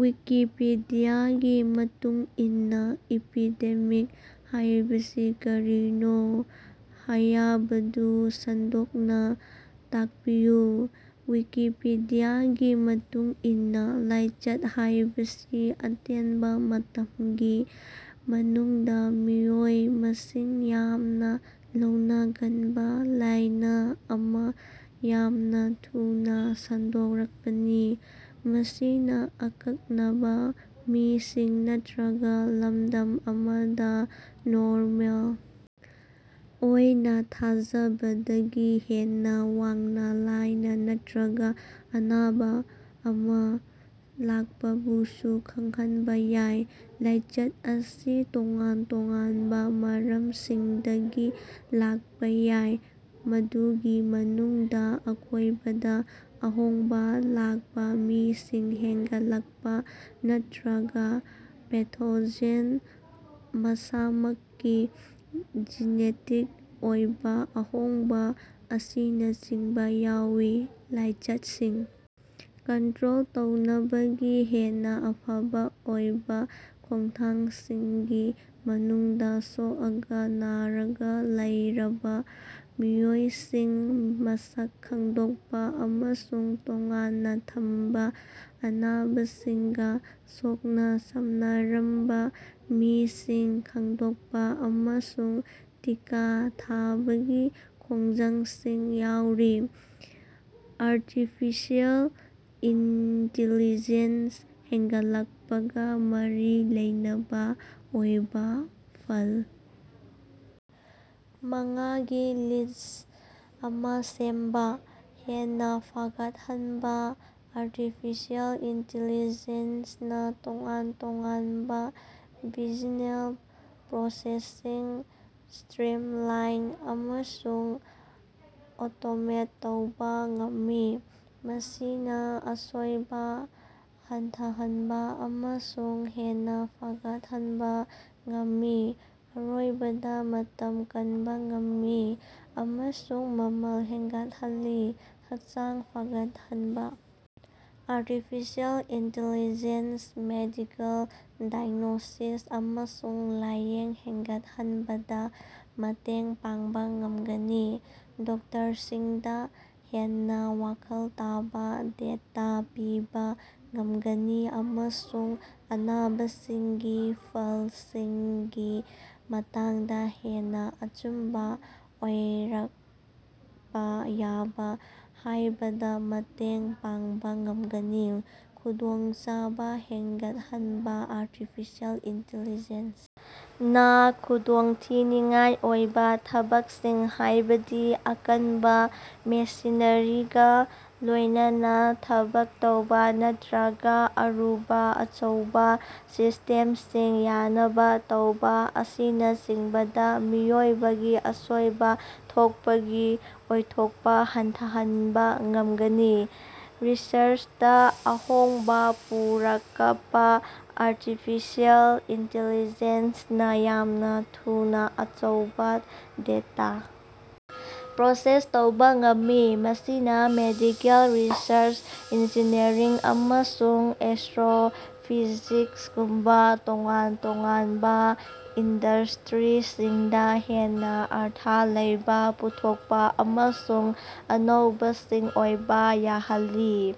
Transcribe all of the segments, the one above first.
ꯋꯤꯀꯤꯄꯤꯗꯤꯌꯥꯒꯤ ꯃꯇꯨꯡ ꯏꯟꯅ "ꯏꯄꯤꯗꯦꯃꯤꯛ" ꯍꯥꯏꯕꯁꯤ ꯀꯔꯤꯅꯣ ꯍꯥꯌꯕꯗꯨ ꯁꯟꯗꯣꯛꯅꯥ ꯇꯥꯛꯄꯤꯌꯨ꯫ ꯋꯤꯀꯤꯄꯤꯗꯤꯌꯥꯒꯤ ꯃꯇꯨꯡ ꯏꯟꯅ ꯂꯥꯏꯆꯠ ꯍꯥꯢꯕꯁꯤ ꯑꯇꯦꯟꯕ ꯃꯇꯝꯒꯤ ꯃꯅꯨꯡꯗ ꯃꯤꯑꯣꯏ ꯃꯁꯤꯡ ꯌꯥꯝꯅ ꯂꯧꯅꯒꯟꯕ ꯂꯥꯢꯅ ꯑꯃ ꯌꯥꯝꯅ ꯊꯨꯅꯥ ꯁꯟꯗꯣꯔꯛꯄꯅꯤ꯫ ꯃꯁꯤꯅ ꯑꯀꯛꯅꯕ ꯃꯤꯁꯤꯡ ꯅꯠꯇ꯭ꯔꯒ ꯂꯝꯗꯝ ꯑꯃꯗ ꯅꯣꯔꯃꯦꯜ ꯑꯣꯏꯅ ꯊꯥꯖꯕꯗꯒꯤ ꯍꯦꯟꯅ ꯋꯥꯡꯕ ꯂꯥꯢꯅ ꯅꯠꯇ꯭ꯔꯒ ꯑꯅꯥꯕ ꯑꯃ ꯂꯥꯛꯄꯕꯨꯁꯨ ꯈꯪꯍꯟꯕ ꯌꯥꯏ꯫ ꯂꯥꯏꯆꯠ ꯑꯁꯤ ꯇꯣꯉꯥꯟ-ꯇꯣꯉꯥꯟꯕ ꯃꯔꯝꯁꯤꯡꯗꯒꯤ ꯂꯥꯛꯄꯥ ꯌꯥꯏ ꯃꯗꯨꯒꯤ ꯃꯅꯨꯡꯗ ꯑꯀꯣꯏꯕꯗ ꯑꯍꯣꯡꯕꯥ ꯂꯥꯛꯄ ꯃꯤꯁꯤꯡ ꯍꯦꯟꯒꯠꯂꯛꯄ ꯅꯠꯇ꯭ꯔꯒ ꯄꯦꯊꯣꯖꯦꯟ ꯃꯁꯥꯃꯛꯀꯤ ꯖꯤꯅꯦꯇꯤꯛ ꯑꯣꯏꯕ ꯑꯍꯣꯡꯕ ꯑꯁꯤꯅꯆꯤꯡꯕ ꯌꯥꯎꯏ꯫ ꯂꯥꯏꯆꯠꯁꯤꯡ ꯀꯟꯇ꯭ꯔꯣꯜ ꯇꯧꯅꯕꯒꯤ ꯍꯦꯟꯅ ꯑꯐꯕ ꯑꯣꯏꯕ ꯈꯣꯡꯊꯥꯡꯁꯤꯡꯒꯤ ꯃꯅꯨꯡꯗ ꯁꯣꯛꯑꯒ ꯅꯔꯒ ꯂꯩꯔꯕ ꯃꯤꯑꯣꯏꯁꯤꯡ ꯃꯁꯛ ꯈꯪꯗꯣꯛꯄ ꯑꯃꯁꯨꯡ ꯇꯣꯉꯥꯟꯅ ꯊꯝꯕ, ꯑꯅꯥꯕꯁꯤꯡꯒ ꯁꯣꯛꯅ ꯁꯝꯅꯔꯝꯕ ꯃꯤꯁꯤꯡ ꯈꯪꯗꯣꯛꯄ ꯑꯃꯁꯨꯡ ꯇꯤꯀꯥ ꯊꯥꯕꯒꯤ ꯈꯣꯡꯖꯪꯁꯤꯡ ꯌꯥꯎꯔꯤ꯫ ꯑꯥꯔꯇꯤꯐꯤꯁꯤꯑꯦꯜ ꯏꯟꯇꯤꯂꯤꯖꯦꯟꯁ ꯍꯦꯟꯒꯠꯂꯛꯄꯒ ꯃꯔꯤ ꯂꯩꯅꯕ ꯑꯣꯏꯕꯥ ꯐꯜ ꯃꯉꯥꯒꯤ ꯂꯤꯁ꯭ꯠ ꯑꯃꯥ ꯁꯦꯝꯕꯥ꯫ ꯍꯦꯟꯅ ꯐꯒꯠꯍꯟꯕꯥ: ꯑꯥꯔꯇꯤꯐꯤꯁꯤꯑꯦꯜ ꯏꯟꯇꯤꯂꯤꯖꯦꯟꯁꯅ ꯇꯣꯉꯥꯟ ꯇꯣꯉꯥꯟꯕ ꯕꯤꯖꯤꯅꯦꯁ ꯄ꯭ꯔꯣꯁꯦꯁꯁꯤꯡ ꯁꯇ꯭ꯔꯤꯝꯂꯥꯏꯟ ꯑꯃꯁꯨꯡ ꯑꯣꯇꯣꯃꯦꯠ ꯇꯧꯕꯥ ꯉꯝꯃꯤ ꯃꯁꯤꯅ ꯑꯁꯣꯏꯕ ꯍꯟꯊꯍꯟꯕ ꯑꯃꯁꯨꯡ ꯍꯦꯟꯅ ꯐꯒꯠꯍꯟꯕ ꯉꯝꯃꯤ ꯑꯔꯣꯏꯕꯗ ꯃꯇꯝ ꯀꯟꯕ ꯉꯝꯃꯤ ꯑꯃꯁꯨꯡ ꯃꯃꯜ ꯍꯟꯊꯍꯜꯂꯤ꯫ ꯍꯛꯆꯥꯡ ꯐꯒꯠꯍꯟꯕꯥ: ꯑꯥꯔꯇꯤꯐꯤꯁꯤꯑꯦꯜ ꯏꯟꯇꯤꯂꯤꯖꯦꯟꯁ ꯃꯦꯗꯤꯀꯦꯜ ꯗꯥꯏꯒ꯭ꯅꯣꯁꯤꯁ ꯑꯃꯁꯨꯡ ꯂꯥꯌꯦꯡ ꯍꯦꯟꯒꯠꯍꯟꯕꯗ ꯃꯇꯦꯡ ꯄꯥꯡꯕ ꯉꯝꯒꯅꯤ ꯗꯣꯛꯇꯔꯁꯤꯡꯗ ꯍꯦꯟꯅ ꯋꯥꯈꯜ ꯇꯥꯕ ꯗꯦꯇꯥ ꯄꯤꯕꯥ ꯉꯝꯒꯅꯤ ꯑꯃꯁꯨꯡ ꯑꯅꯥꯕꯁꯤꯡꯒꯤ ꯐꯜꯁꯤꯡꯒꯤ ꯃꯇꯥꯡꯗ ꯍꯦꯟꯅ ꯑꯆꯨꯝꯕ ꯑꯣꯏꯔꯛꯄ ꯌꯥꯕ ꯍꯥꯏꯕꯗ ꯃꯇꯦꯡ ꯄꯥꯡꯕ ꯉꯝꯒꯅꯤ꯫ ꯈꯨꯗꯣꯡꯆꯥꯕ ꯍꯦꯟꯒꯠꯍꯟꯕ: ꯑꯥꯔꯇꯤꯐꯤꯁꯤꯑꯦꯜ ꯏꯟꯇꯤꯂꯤꯖꯦꯟꯁ ꯅ ꯈꯨꯗꯣꯡꯊꯤꯅꯤꯡꯉꯥꯏ ꯑꯣꯏꯕ ꯊꯕꯛꯁꯤꯡ ꯍꯥꯢꯕꯗꯤ ꯑꯀꯟꯕ ꯃꯦꯁꯤꯅꯔꯤꯒ ꯂꯣꯢꯅꯅ ꯊꯕꯛ ꯇꯧꯕ ꯅꯠꯇ꯭ꯔꯒ ꯑꯔꯨꯕ ꯑꯆꯧꯕꯥ ꯁꯤꯁꯇꯦꯝꯁꯤꯡ ꯌꯥꯅꯕ ꯇꯧꯕ ꯑꯁꯤꯅꯆꯤꯡꯕꯗ ꯃꯤꯑꯣꯏꯕꯒꯤ ꯑꯁꯣꯏꯕ ꯊꯣꯛꯄꯒꯤ ꯑꯣꯏꯊꯣꯛꯄ ꯍꯟꯊꯍꯟꯕ ꯉꯝꯒꯅꯤ꯫ ꯔꯤꯁꯔꯆꯇꯥ ꯑꯍꯣꯡꯕꯥ ꯄꯨꯔꯀꯄꯥ: ꯑꯥꯔꯇꯤꯐꯤꯁꯤꯑꯦꯜ ꯏꯟꯇꯤꯂꯤꯖꯦꯟꯁ ꯅꯥ ꯌꯥꯝꯅ ꯊꯨꯅꯥ ꯑꯆꯧꯕꯥ ꯗꯦꯇꯥ ꯄ꯭ꯔꯣꯁꯦꯁ ꯇꯧꯕꯥ ꯉꯝꯃꯤ ꯃꯁꯤꯅ ꯃꯦꯗꯤꯀꯦꯜ ꯔꯤꯁꯔꯆ, ꯏꯟꯖꯤꯅꯤꯌꯔꯤꯡ ꯑꯃꯁꯨꯡ ꯑꯦꯁꯇ꯭ꯔꯣꯐꯤꯖꯤꯛꯁꯒꯨꯝꯕꯥ ꯇꯣꯉꯥꯟ ꯇꯣꯉꯥꯟꯕ ꯏꯟꯗꯁꯇ꯭ꯔꯤꯁꯤꯡꯗ ꯍꯦꯟꯅ ꯑꯔꯊ ꯂꯩꯕ ꯄꯨꯊꯣꯛꯄ ꯑꯃꯁꯨꯡ ꯑꯅꯧꯕꯁꯤꯡ ꯑꯣꯏꯕ ꯌꯥꯍꯜꯂꯤ꯫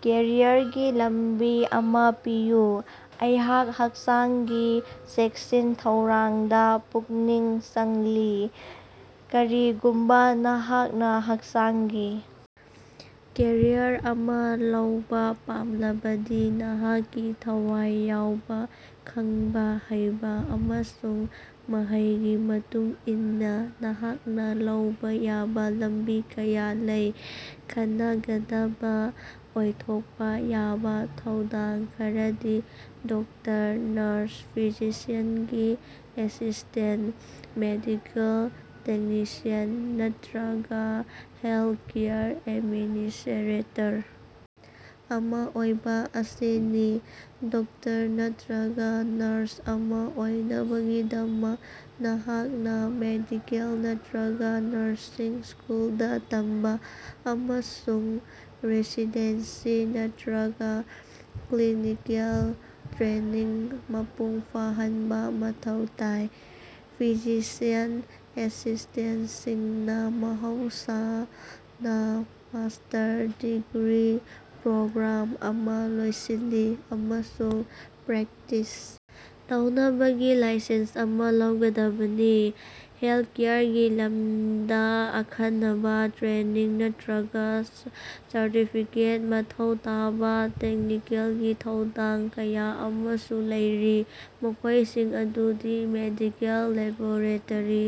ꯀꯦꯔꯤꯌꯔꯒꯤ ꯂꯝꯕꯤ ꯑꯃꯥ ꯄꯤꯌꯨ꯫ ꯑꯩꯍꯥꯛ ꯍꯛꯆꯥꯡꯒꯤ ꯆꯦꯛꯁꯤꯟ ꯊꯧꯔꯥꯡꯗ ꯄꯨꯛꯅꯤꯡ ꯆꯪꯂꯤ꯫ ꯀꯔꯤꯒꯨꯝꯕꯥ ꯅꯍꯥꯛꯅ ꯍꯛꯆꯥꯡꯒꯤ ꯀꯦꯔꯤꯌꯔ ꯑꯃ ꯂꯧꯕꯥ ꯄꯥꯝꯂꯕꯗꯤ ꯅꯍꯥꯛꯀꯤ ꯊꯋꯥꯏ ꯌꯥꯎꯕ, ꯈꯪꯕ ꯍꯩꯕ ꯑꯃꯁꯨꯡ ꯃꯍꯩꯒꯤ ꯃꯇꯨꯡ ꯏꯟꯅ ꯅꯍꯥꯛꯅ ꯂꯧꯕ ꯌꯥꯕ ꯂꯝꯕꯤ ꯀꯌꯥ ꯂꯩ꯫ ꯈꯟꯅꯒꯗꯕ ꯑꯣꯏꯊꯣꯛꯄ ꯌꯥꯕ ꯊꯧꯗꯥꯡ ꯈꯔꯗꯤ ꯗꯣꯛꯇꯔ, ꯅꯔꯁ, ꯐꯤꯖꯤꯁꯤꯌꯥꯟꯒꯤ ꯑꯦꯁꯤꯁ꯭ꯇꯦꯟꯇ, ꯃꯦꯗꯤꯀꯦꯜ ꯇꯦꯛꯅꯤꯁꯤꯌꯟ ꯅꯠꯇ꯭ꯔꯒ ꯍꯦꯂꯊꯀꯦꯌꯔ ꯑꯦꯗꯃꯤꯅꯤꯁ꯭ꯠꯔꯦꯇꯔ ꯑꯃ ꯑꯣꯏꯕ ꯑꯁꯤꯅꯤ꯫ ꯗꯣꯛꯇꯔ ꯅꯠꯇ꯭ꯔꯒ ꯅꯔꯁ ꯑꯃ ꯑꯣꯏꯅꯕꯒꯤꯗꯃꯛ ꯅꯍꯥꯛꯅ ꯃꯦꯗꯤꯀꯦꯜ ꯅꯠꯇ꯭ꯔꯒ ꯅꯔꯁꯤꯡ ꯁ꯭ꯀꯨꯜꯗ ꯇꯝꯕ ꯑꯃꯁꯨꯡ ꯔꯦꯁꯤꯗꯦꯟꯁꯤ ꯅꯠꯇ꯭ꯔꯒ ꯀ꯭ꯂꯤꯅꯤꯀꯦꯜ ꯇ꯭ꯔꯦꯅꯤꯡ ꯃꯄꯨꯡ ꯐꯥꯍꯟꯕ ꯃꯊꯧ ꯇꯥꯏ꯫ ꯐꯤꯖꯤꯁꯤꯌꯟ ꯑꯦꯁꯤꯁ꯭ꯇꯦꯟꯇꯁꯤꯡꯅ ꯃꯍꯧꯁꯥꯅ ꯃꯥꯁꯇꯔ ꯗꯤꯒ꯭ꯔꯤ ꯄ꯭ꯔꯣꯒ꯭ꯔꯥꯝ ꯑꯃ ꯂꯣꯏꯁꯤꯜꯂꯤ ꯑꯃꯁꯨꯡ ꯄ꯭ꯔꯦꯛꯇꯤꯁ ꯇꯧꯅꯕꯒꯤ ꯂꯥꯏꯁꯦꯟꯁ ꯑꯃꯥ ꯂꯧꯒꯗꯕꯅꯤ꯫ ꯍꯦꯜꯊꯀꯦꯌꯔꯒꯤ ꯂꯝꯗ ꯑꯈꯟꯅꯕ ꯇ꯭ꯔꯦꯅꯤꯡ ꯅꯠꯇ꯭ꯔꯒꯥ ꯁꯔꯇꯤꯐꯤꯀꯦꯠ ꯃꯊꯧ ꯇꯥꯕꯥ ꯇꯦꯛꯅꯤꯀꯦꯜꯒꯤ ꯊꯧꯗꯥꯡ ꯀꯌꯥ ꯑꯃꯁꯨ ꯂꯩꯔꯤ ꯃꯈꯣꯢꯁꯤꯡ ꯑꯗꯨꯗꯤ ꯃꯦꯗꯤꯀꯦꯜ ꯂꯦꯕꯣꯔꯦꯇꯔꯤ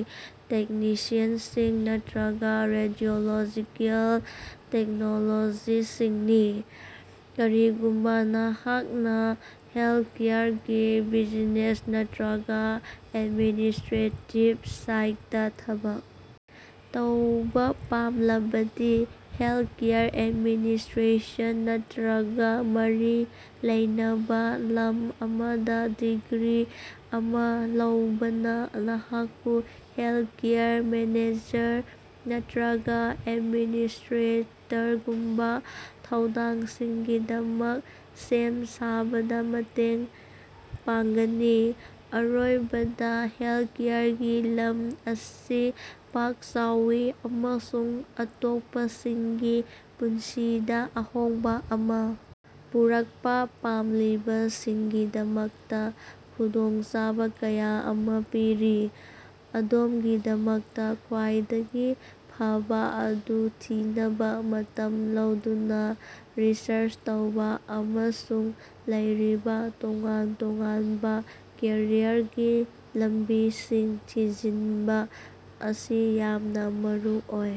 ꯇꯦꯛꯅꯤꯁꯤꯌꯟꯁꯤꯡ ꯅꯠꯇ꯭ꯔꯒꯥ ꯔꯦꯗꯤꯑꯣꯂꯣꯖꯤꯀꯦꯜ ꯇꯦꯛꯅꯣꯂꯣꯖꯤꯁꯁꯤꯡꯅꯤ꯫ ꯀꯔꯤꯒꯨꯝꯕꯥ ꯅꯍꯥꯛꯅ ꯍꯦꯜꯊꯀꯦꯌꯔꯒꯤ ꯕꯤꯖꯤꯅꯦꯁ ꯅꯠꯇ꯭ꯔꯒꯥ ꯑꯦꯗꯃꯤꯅꯤꯁꯇ꯭ꯔꯦꯇꯤꯕ ꯁꯥꯏꯗꯇꯥ ꯊꯕꯛ ꯇꯧꯕꯥ ꯄꯥꯝꯂꯕꯗꯤ ꯍꯦꯜꯊꯀꯦꯌꯔ ꯑꯦꯗꯃꯤꯅꯤꯁꯇ꯭ꯔꯦꯁꯟ ꯅꯠꯇ꯭ꯔꯒ ꯃꯔꯤ ꯂꯩꯅꯕ ꯂꯝ ꯑꯃꯗ ꯗꯤꯒ꯭ꯔꯤ ꯑꯃꯥ ꯂꯧꯕꯅ ꯅꯍꯥꯛꯄꯨ ꯍꯦꯜꯊꯀꯦꯌꯔ ꯃꯦꯅꯦꯖꯔ ꯅꯠꯇ꯭ꯔꯒꯥ ꯑꯦꯗꯃꯤꯅꯤꯁꯇ꯭ꯔꯦꯇꯔꯒꯨꯝꯕ ꯊꯧꯗꯥꯡꯁꯤꯡꯒꯤꯗꯃꯛ ꯁꯦꯝ ꯁꯥꯕꯗ ꯃꯇꯦꯡ ꯄꯥꯡꯒꯅꯤ꯫ ꯑꯔꯣꯏꯕꯗ ꯍꯦꯜꯊꯀꯦꯌꯔꯒꯤ ꯂꯝ ꯑꯁꯤ ꯄꯥꯛ ꯆꯥꯎꯏ ꯑꯃꯁꯨꯡ ꯑꯇꯣꯞꯄꯁꯤꯡꯒꯤ ꯄꯨꯟꯁꯤꯗ ꯑꯍꯣꯡꯕ ꯑꯃ ꯄꯨꯔꯛꯄ ꯄꯥꯝꯂꯤꯕꯁꯤꯡꯒꯤꯗꯃꯛꯇ ꯈꯨꯗꯣꯡꯆꯥꯕ ꯀꯌꯥ ꯑꯃ ꯄꯤꯔꯤ꯫ ꯑꯗꯣꯝꯒꯤꯗꯃꯛꯇ ꯈ꯭ꯋꯥꯏꯗꯒꯤ ꯐꯕꯥ ꯑꯗꯨ ꯊꯤꯅꯕ ꯃꯇꯝ ꯂꯧꯗꯨꯅꯥ ꯔꯤꯁꯔꯆ ꯇꯧꯕꯥ ꯑꯃꯁꯨꯡ ꯂꯩꯔꯤꯕꯥ ꯇꯣꯉꯥꯟ ꯇꯣꯉꯥꯟꯕ ꯀꯦꯔꯤꯌꯔꯒꯤ ꯂꯝꯕꯤꯁꯤꯡ ꯊꯤꯖꯤꯟꯕ ꯑꯁꯤ ꯌꯥꯝꯅ ꯃꯔꯨꯑꯣꯏ꯫